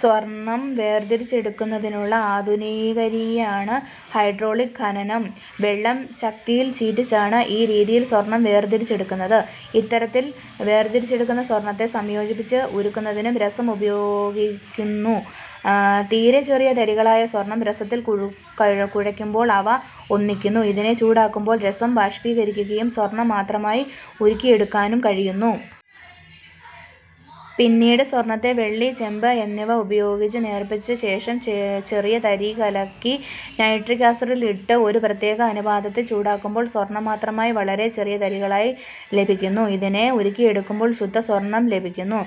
സ്വർണ്ണം വേർതിരിച്ചെടുക്കുന്നതിനുള്ള ആധുനികരീതിയാണ് ഹൈഡ്രോളിക് ഖനനം. വെള്ളം ശക്തിയിൽ ചീറ്റിച്ചാണ് ഈ രീതിയിൽ സ്വർണ്ണം വേർതിരിച്ചെടുക്കുന്നത്. ഇത്തരത്തിൽ വേർതിരിച്ചെടുക്കുന്ന സ്വർണ്ണത്തെ സംയോജിപ്പിച്ച് ഉരുക്കുന്നത്തിനു രസം ഉപയോഗിക്കുന്നു. തീരെ ചെറിയ തരികളായ സ്വർണം രസത്തിൽ കുഴക്കുമ്പോൾ അവ ഒന്നിക്കുന്നു ഇതിനെ ചൂടാക്കുമ്പോൾ രസം ബഷ്പീകരിക്കുകയും സ്വർണം മാത്രമായി ഉരുക്കിയെടുക്കാനും കഴിയുന്നു. പിന്നീട് സ്വർണത്തെ വെള്ളി, ചെമ്പ് എന്നിവ ഉപയോഹിച്ചു നേർപ്പിച്ച ശേഷം ചെറിയ തരികലക്കി നൈട്രിക് ആസിഡിൽ ഇട്ടു ഒരു പ്രത്യേക അനുപാതത്തിൽ ചൂടാക്കുമ്പോൾ സ്വർണം മാത്രമായി വളരെ ചെറിയ തരികളായി ലെഭിക്കുന്നു ഇതിനെ ഉരുക്കിയെടുക്കുമ്പോൾ ശുദ്ധ സ്വർണം ലെഭിക്കുന്നു.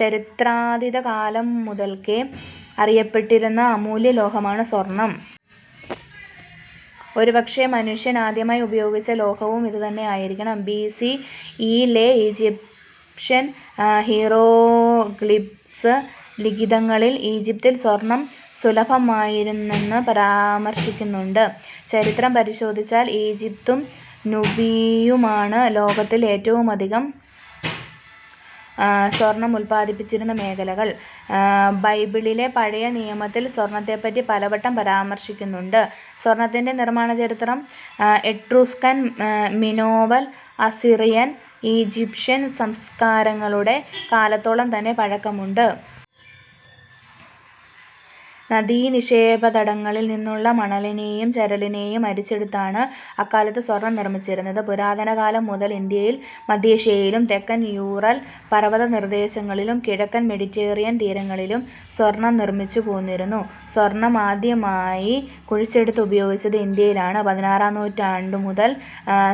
ചരിത്രാതീത കാലം മുതൽക്കേ അറിയപ്പെട്ടിരുന്ന അമൂല്യലോഹമാണ് സ്വർണ്ണം. ഒരുപക്ഷേ മനുഷ്യൻ ആദ്യമായി ഉപയോഗിച്ച ലോഹവും ഇതുതന്നെയായിരിക്കണം. ബി. സി. ഇ. ലെ ഈജിപ്ഷ്യൻ ഹീറോഗ്ലിഫിക്സ് ലിഖിതങ്ങളിൽ ഈജിപ്തിൽ സ്വർണ്ണം സുലഭമായിരുന്നെന്ന് പരാമർശിക്കുന്നുണ്ട്. ചരിത്രം പരിശോധിച്ചാൽ ഈജിപ്തും നുബിയയുമാണ് ലോകത്തിൽ ഏറ്റവുമധികം സ്വർണ്ണം ഉല്പ്പാദിപ്പിച്ചിരുന്ന മേഖലകൾ. ബൈബിളിലെ പഴയ നിയമത്തിൽ സ്വർണ്ണത്തെപ്പറ്റി പലവട്ടം പരാമർശിക്കുന്നുണ്ട്. സ്വർണ്ണത്തിന്റെ നിർമ്മാണചരിത്രം എട്രൂസ്കൻ, മിനോവൻ, അസ്സിറിയൻ, ഈജിപ്ഷ്യൻ സംസ്കാരങ്ങളുടെ കാലത്തോളം തന്നെ പഴക്കമുണ്ട്. നദീനിക്ഷേപതടങ്ങളിൽ നിന്നുള്ള മണലിനെയും ചരലിനേയും അരിച്ചെടുത്താണ് അക്കാലത്ത് സ്വർണ്ണം നിർമ്മിച്ചിരുന്നത്. പുരാതനകാലം മുതൽ ഇന്ത്യയിൽ മദ്ധ്യേഷ്യയിലും തെക്കൻ യുറൽ പർവ്വത പ്രദേശങ്ങളിലും കിഴക്കൻ മെഡിറ്ററേനിയൻ തീരങ്ങളിലും സ്വർണ്ണം നിർമ്മിച്ചു പോന്നിരുന്നു. സ്വർണ്ണം ആദ്യമായി കുഴിച്ചെടുത്ത് ഉപയോഗിച്ചത് ഇന്ത്യയിലാണ്. പതിനാറാം നൂറ്റാണ്ടു മുതൽ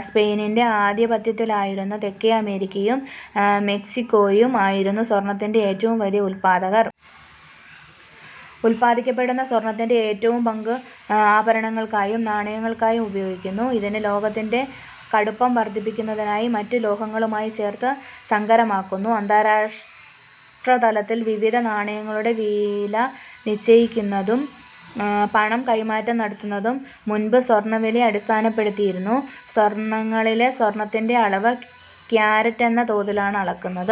സ്പെയിനിന്റെ ആധിപത്യത്തിലായിരുന്ന തെക്കേ അമേരിക്കയും മെക്സിക്കോയും ആയിരുന്നു സ്വർണ്ണത്തിന്റെ ഏറ്റവും വലിയ ഉൽപ്പാദകർ. ഉൽപ്പാദിപ്പിക്കപ്പെടുന്ന സ്വർണ്ണത്തിന്റെ ഏറിയ പങ്കും ആഭരണങ്ങൾക്കായും നാണയങ്ങൾക്കായും ഉപയോഗിക്കുന്നു. ഇതിന് ലോഹത്തിന്റെ കടുപ്പം വർദ്ധിപ്പിക്കുന്നതിനായി മറ്റു ലോഹങ്ങളുമായി ചേർത്ത് സങ്കരമാക്കുന്നു. അന്താരാഷ്ട്രതലത്തിൽ വിവിധ നാണയങ്ങളുടെ വില നിശ്ചയിക്കുന്നതും പണം കൈമാറ്റം നടത്തിയിരുന്നതും മുൻപ് സ്വർണ്ണവിലയെ അടിസ്ഥാനപ്പെടുത്തിയായിരുന്നു. ആഭരണങ്ങളിലെ സ്വർണ്ണത്തിന്റെ അളവ് കാരറ്റ് എന്ന തോതിലാണ് അളക്കുന്നത്.